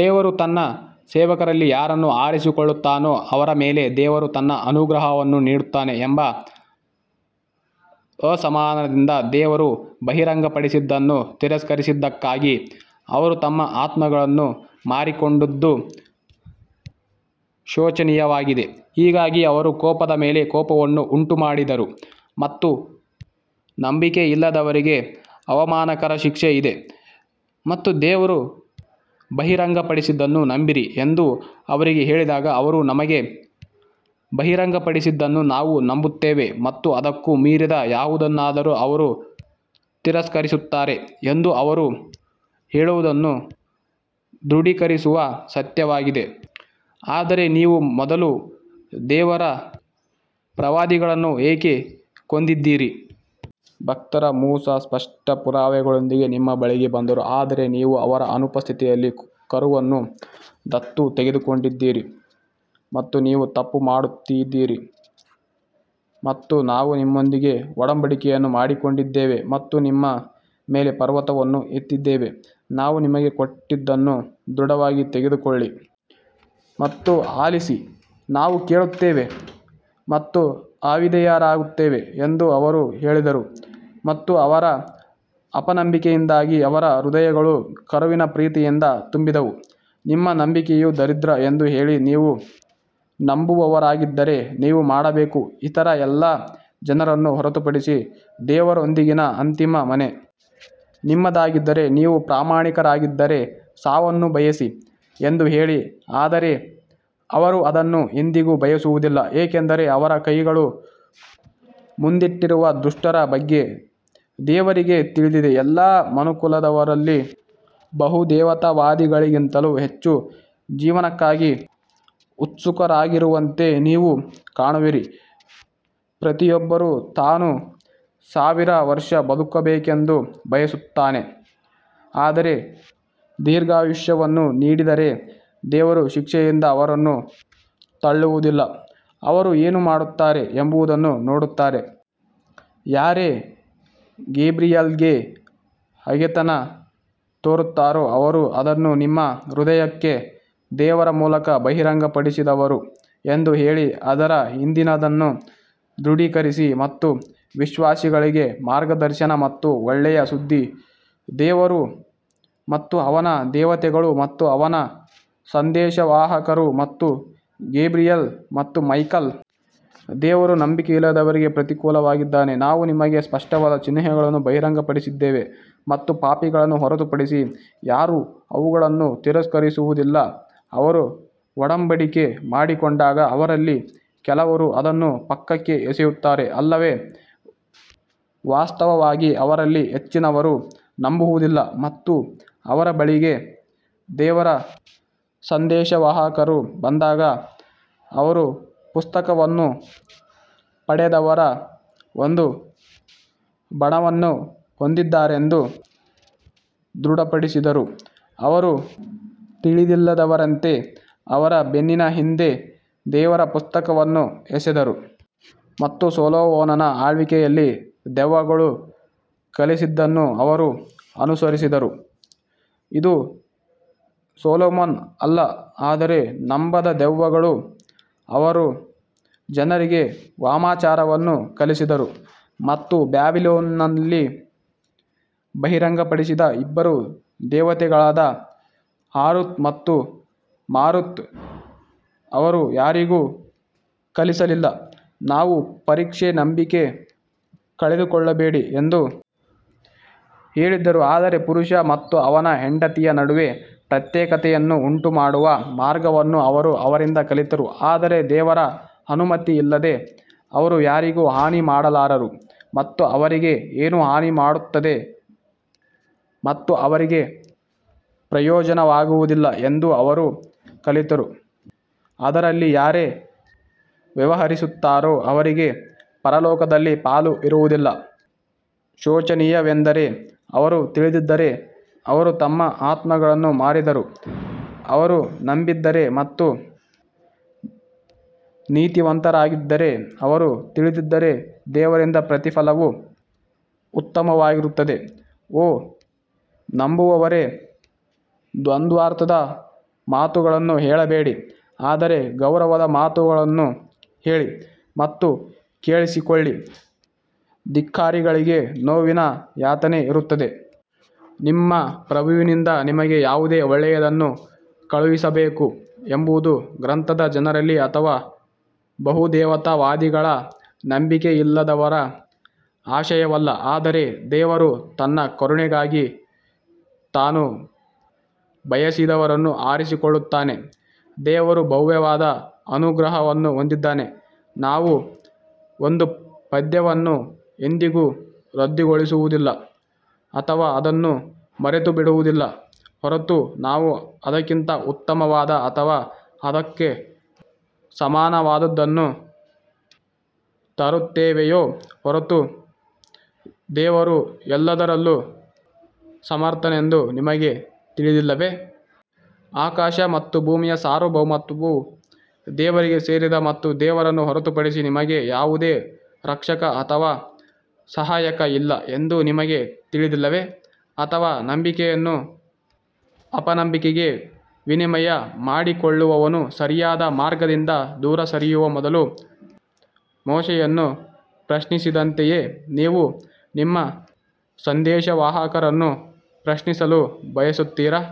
ದೇವರು ತನ್ನ ಸೇವಕರಲ್ಲಿ ಯಾರನ್ನು ಆರಿಸಿಕೊಳ್ಳುತ್ತಾನೋ ಅವರ ಮೇಲೆ ದೇವರು ತನ್ನ ಅನುಗ್ರಹವನ್ನು ನೀಡುತ್ತಾನೆ ಎಂಬ ಅಸಮಾಧಾನದಿಂದ ದೇವರು ಬಹಿರಂಗಪಡಿಸಿದ್ದನ್ನು ತಿರಸ್ಕರಿಸಿದ್ದಕ್ಕಾಗಿ ಅವರು ತಮ್ಮ ಆತ್ಮಗಳನ್ನು ಮಾರಿಕೊಂಡದ್ದು ಶೋಚನೀಯವಾಗಿದೆ ಹೀಗಾಗಿ ಅವರು ಕೋಪದ ಮೇಲೆ ಕೋಪವನ್ನು ಉಂಟುಮಾಡಿದರು ಮತ್ತು ನಂಬಿಕೆಯಿಲ್ಲದವರಿಗೆ ಅವಮಾನಕರ ಶಿಕ್ಷೆ ಇದೆ. ಮತ್ತು ದೇವರು ಬಹಿರಂಗಪಡಿಸಿದ್ದನ್ನು ನಂಬಿರಿ ಎಂದು ಅವರಿಗೆ ಹೇಳಿದಾಗ ಅವರು ನಮಗೆ ಬಹಿರಂಗಪಡಿಸಿದ್ದನ್ನು ನಾವು ನಂಬುತ್ತೇವೆ ಮತ್ತು ಅದಕ್ಕೂ ಮೀರಿದ ಯಾವುದನ್ನಾದರೂ ಅವರು ತಿರಸ್ಕರಿಸುತ್ತಾರೆ ಎಂದು ಅವರು ಹೇಳುವುದನ್ನು ದೃಢೀಕರಿಸುವ ಸತ್ಯವಾಗಿದೆ ಆದರೆ ನೀವು ಮೊದಲು ದೇವರ ಪ್ರವಾದಿಗಳನ್ನು ಏಕೆ ಕೊಂದಿದ್ದೀರಿ. ಭಕ್ತರ ಮೂಸಾ ಸ್ಪಷ್ಟ ಪುರಾವೆಗಳೊಂದಿಗೆ ನಿಮ್ಮ ಬಳಿಗೆ ಬಂದರು ಆದರೆ ನೀವು ಅವರ ಅನುಪಸ್ಥಿತಿಯಲ್ಲಿ ಕರುವನ್ನು ದತ್ತು ತೆಗೆದುಕೊಂಡಿದ್ದೀರಿ ಮತ್ತು ನೀವು ತಪ್ಪು ಮಾಡುತ್ತಿದ್ದೀರಿ ಮತ್ತು ನಾವು ನಿಮ್ಮೊಂದಿಗೆ ಒಡಂಬಡಿಕೆಯನ್ನು ಮಾಡಿಕೊಂಡಿದ್ದೇವೆ ಮತ್ತು ನಿಮ್ಮ ಮೇಲೆ ಪರ್ವತವನ್ನು ಎತ್ತಿದ್ದೇವೆ ನಾವು ನಿಮಗೆ ಕೊಟ್ಟಿದ್ದನ್ನು ದೃಢವಾಗಿ ತೆಗೆದುಕೊಳ್ಳಿ ಮತ್ತು ಆಲಿಸಿ ನಾವು ಕೇಳುತ್ತೇವೆ ಮತ್ತು ಅವಿಧೇಯರಾಗುತ್ತೇವೆ ಎಂದು ಅವರು ಹೇಳಿದರು ಮತ್ತು ಅವರ ಅಪನಂಬಿಕೆಯಿಂದಾಗಿ ಅವರ ಹೃದಯಗಳು ಕರುವಿನ ಪ್ರೀತಿಯಿಂದ ತುಂಬಿದವು ನಿಮ್ಮ ನಂಬಿಕೆಯು ದರಿದ್ರ ಎಂದು ಹೇಳಿ ನೀವು ನಂಬುವವರಾಗಿದ್ದರೆ ನೀವು ಮಾಡಬೇಕು ಇತರ ಎಲ್ಲ ಜನರನ್ನು ಹೊರತುಪಡಿಸಿ ದೇವರೊಂದಿಗಿನ ಅಂತಿಮ ಮನೆ ನಿಮ್ಮದಾಗಿದ್ದರೆ ನೀವು ಪ್ರಾಮಾಣಿಕರಾಗಿದ್ದರೆ ಸಾವನ್ನು ಬಯಸಿ ಎಂದು ಹೇಳಿ ಆದರೆ ಅವರು ಅದನ್ನು ಎಂದಿಗೂ ಬಯಸುವುದಿಲ್ಲ ಏಕೆಂದರೆ ಅವರ ಕೈಗಳು ಮುಂದಿಟ್ಟಿರುವ ದುಷ್ಟರ ಬಗ್ಗೆ ದೇವರಿಗೆ ತಿಳಿದಿದೆ ಎಲ್ಲಾ ಮನುಕುಲದವರಲ್ಲಿ ಬಹುದೇವತಾವಾದಿಗಳಿಗಿಂತಲೂ ಹೆಚ್ಚು ಜೀವನಕ್ಕಾಗಿ ಉತ್ಸುಕರಾಗಿರುವಂತೆ ನೀವು ಕಾಣುವಿರಿ ಪ್ರತಿಯೊಬ್ಬರೂ ತಾನು ಸಾವಿರ ವರ್ಷ ಬದುಕಬೇಕೆಂದು ಬಯಸುತ್ತಾನೆ ಆದರೆ ದೀರ್ಘಾಯುಷ್ಯವನ್ನು ನೀಡಿದರೆ ದೇವರು ಶಿಕ್ಷೆಯಿಂದ ಅವರನ್ನು ತಳ್ಳುವುದಿಲ್ಲ ಅವರು ಏನು ಮಾಡುತ್ತಾರೆ ಎಂಬುದನ್ನು ನೋಡುತ್ತಾರೆ. ಯಾರೇ ಗೇಬ್ರಿಯಲ್ಗೆ ಹಗೆತನ ತೋರುತ್ತಾರೋ ಅವರು ಅದನ್ನು ನಿಮ್ಮ ಹೃದಯಕ್ಕೆ ದೇವರ ಮೂಲಕ ಬಹಿರಂಗಪಡಿಸಿದವರು ಎಂದು ಹೇಳಿ ಅದರ ಹಿಂದಿನದನ್ನು ದೃಢೀಕರಿಸಿ ಮತ್ತು ವಿಶ್ವಾಸಿಗಳಿಗೆ ಮಾರ್ಗದರ್ಶನ ಮತ್ತು ಒಳ್ಳೆಯ ಸುದ್ದಿ ದೇವರು ಮತ್ತು ಅವನ ದೇವತೆಗಳು ಮತ್ತು ಅವನ ಸಂದೇಶವಾಹಕರು ಮತ್ತು ಗೇಬ್ರಿಯಲ್ ಮತ್ತು ಮೈಕೆಲ್ ದೇವರು ನಂಬಿಕೆಯಿಲ್ಲದವರಿಗೆ ಪ್ರತಿಕೂಲವಾಗಿದ್ದಾನೆ ನಾವು ನಿಮಗೆ ಸ್ಪಷ್ಟವಾದ ಚಿಹ್ನೆಗಳನ್ನು ಬಹಿರಂಗಪಡಿಸಿದ್ದೇವೆ ಮತ್ತು ಪಾಪಿಗಳನ್ನು ಹೊರತುಪಡಿಸಿ ಯಾರೂ ಅವುಗಳನ್ನು ತಿರಸ್ಕರಿಸುವುದಿಲ್ಲ ಅವರು ಒಡಂಬಡಿಕೆ ಮಾಡಿಕೊಂಡಾಗ ಅವರಲ್ಲಿ ಕೆಲವರು ಅದನ್ನು ಪಕ್ಕಕ್ಕೆ ಎಸೆಯುತ್ತಾರೆ ಅಲ್ಲವೇ ವಾಸ್ತವವಾಗಿ ಅವರಲ್ಲಿ ಹೆಚ್ಚಿನವರು ನಂಬುವುದಿಲ್ಲ ಮತ್ತು ಅವರ ಬಳಿಗೆ ದೇವರ ಸಂದೇಶವಾಹಕರು ಬಂದಾಗ ಅವರು ಪುಸ್ತಕವನ್ನು ಪಡೆದವರ ಒಂದು ಬಣವನ್ನು ಹೊಂದಿದ್ದಾರೆಂದು ದೃಢಪಡಿಸಿದರು ಅವರು ತಿಳಿದಿಲ್ಲದವರಂತೆ ಅವರ ಬೆನ್ನಿನ ಹಿಂದೆ ದೇವರ ಪುಸ್ತಕವನ್ನು ಎಸೆದರು. ಮತ್ತು ಸೊಲೊಮೋನನ ಆಳ್ವಿಕೆಯಲ್ಲಿ ದೆವ್ವಗಳು ಕಲಿಸಿದ್ದನ್ನು ಅವರು ಅನುಸರಿಸಿದರು ಇದು ಸೊಲೊಮನ್ ಅಲ್ಲ ಆದರೆ ನಂಬದ ದೆವ್ವಗಳು ಅವರು ಜನರಿಗೆ ವಾಮಾಚಾರವನ್ನು ಕಲಿಸಿದರು ಮತ್ತು ಬ್ಯಾಬಿಲೋನ್ನಲ್ಲಿ ಬಹಿರಂಗಪಡಿಸಿದ ಇಬ್ಬರು ದೇವತೆಗಳಾದ ಹಾರೂತ್ ಮತ್ತು ಮಾರುತ್ ಅವರು ಯಾರಿಗೂ ಕಲಿಸಲಿಲ್ಲ. ನಾವು ಪರೀಕ್ಷೆ ನಂಬಿಕೆ ಕಳೆದುಕೊಳ್ಳಬೇಡಿ ಎಂದು ಹೇಳಿದ್ದರು ಆದರೆ ಪುರುಷ ಮತ್ತು ಅವನ ಹೆಂಡತಿಯ ನಡುವೆ ಪ್ರತ್ಯೇಕತೆಯನ್ನು ಉಂಟುಮಾಡುವ ಮಾರ್ಗವನ್ನು ಅವರು ಅವರಿಂದ ಕಲಿತರು ಆದರೆ ದೇವರ ಅನುಮತಿಯಿಲ್ಲದೆ ಅವರು ಯಾರಿಗೂ ಹಾನಿ ಮಾಡಲಾರರು ಮತ್ತು ಅವರಿಗೆ ಏನು ಹಾನಿ ಮಾಡುತ್ತದೆ ಮತ್ತು ಅವರಿಗೆ ಪ್ರಯೋಜನವಾಗುವುದಿಲ್ಲ ಎಂದು ಅವರು ಕಲಿತರು ಅದರಲ್ಲಿ ಯಾರೇ ವ್ಯವಹರಿಸುತ್ತಾರೋ ಅವರಿಗೆ ಪರಲೋಕದಲ್ಲಿ ಪಾಲು ಇರುವುದಿಲ್ಲ ಶೋಚನೀಯವೆಂದರೆ ಅವರು ತಿಳಿದಿದ್ದರೆ ಅವರು ತಮ್ಮ ಆತ್ಮಗಳನ್ನು ಮಾರಿದರು ಅವರು ನಂಬಿದ್ದರೆ ಮತ್ತು ನೀತಿವಂತರಾಗಿದ್ದರೆ ಅವರು ತಿಳಿದಿದ್ದರೆ ದೇವರಿಂದ ಪ್ರತಿಫಲವು ಉತ್ತಮವಾಗಿರುತ್ತದೆ ಓ ನಂಬುವವರೇ ದ್ವಂದ್ವಾರ್ಥದ ಮಾತುಗಳನ್ನು ಹೇಳಬೇಡಿ ಆದರೆ ಗೌರವದ ಮಾತುಗಳನ್ನು ಹೇಳಿ ಮತ್ತು ಕೇಳಿಸಿಕೊಳ್ಳಿ ಧಿಕ್ಕಾರಿಗಳಿಗೆ ನೋವಿನ ಯಾತನೆ ಇರುತ್ತದೆ. ನಿಮ್ಮ ಪ್ರಭುವಿನಿಂದ ನಿಮಗೆ ಯಾವುದೇ ಒಳ್ಳೆಯದನ್ನು ಕಳುಹಿಸಬೇಕು ಎಂಬುದು ಗ್ರಂಥದ ಜನರಲ್ಲಿ ಅಥವಾ ಬಹುದೇವತಾವಾದಿಗಳ ನಂಬಿಕೆಯಿಲ್ಲದವರ ಆಶಯವಲ್ಲ ಆದರೆ ದೇವರು ತನ್ನ ಕರುಣೆಗಾಗಿ ತಾನು ಬಯಸಿದವರನ್ನು ಆರಿಸಿಕೊಳ್ಳುತ್ತಾನೆ ದೇವರು ಭವ್ಯವಾದ ಅನುಗ್ರಹವನ್ನು ಹೊಂದಿದ್ದಾನೆ. ನಾವು ಒಂದು ಪದ್ಯವನ್ನು ಎಂದಿಗೂ ರದ್ದುಗೊಳಿಸುವುದಿಲ್ಲ ಅಥವಾ ಅದನ್ನು ಮರೆತುಬಿಡುವುದಿಲ್ಲ ಹೊರತು ನಾವು ಅದಕ್ಕಿಂತ ಉತ್ತಮವಾದ ಅಥವಾ ಅದಕ್ಕೆ ಸಮಾನವಾದದ್ದನ್ನು ತರುತ್ತೇವೆಯೇ ಹೊರತು ದೇವರು ಎಲ್ಲದರಲ್ಲೂ ಸಮರ್ಥನೆಂದು ನಿಮಗೆ ತಿಳಿದಿಲ್ಲವೇ? ಆಕಾಶ ಮತ್ತು ಭೂಮಿಯ ಸಾರ್ವಭೌಮತ್ವವು ದೇವರಿಗೆ ಸೇರಿದೆ ಮತ್ತು ದೇವರನ್ನು ಹೊರತುಪಡಿಸಿ ನಿಮಗೆ ಯಾವುದೇ ರಕ್ಷಕ ಅಥವಾ ಸಹಾಯಕ ಇಲ್ಲ ಎಂದು ನಿಮಗೆ ತಿಳಿದಿಲ್ಲವೇ? ಅಥವಾ ನಂಬಿಕೆಯನ್ನು ಅಪನಂಬಿಕೆಗೆ ವಿನಿಮಯ ಮಾಡಿಕೊಳ್ಳುವವನು ಸರಿಯಾದ ಮಾರ್ಗದಿಂದ ದೂರ ಸರಿಯುವ ಮೊದಲು ಮೋಶೆಯನ್ನು ಪ್ರಶ್ನಿಸಿದಂತೆಯೇ ನೀವು ನಿಮ್ಮ ಸಂದೇಶವಾಹಕರನ್ನು ಪ್ರಶ್ನಿಸಲು ಬಯಸುತ್ತೀರಾ?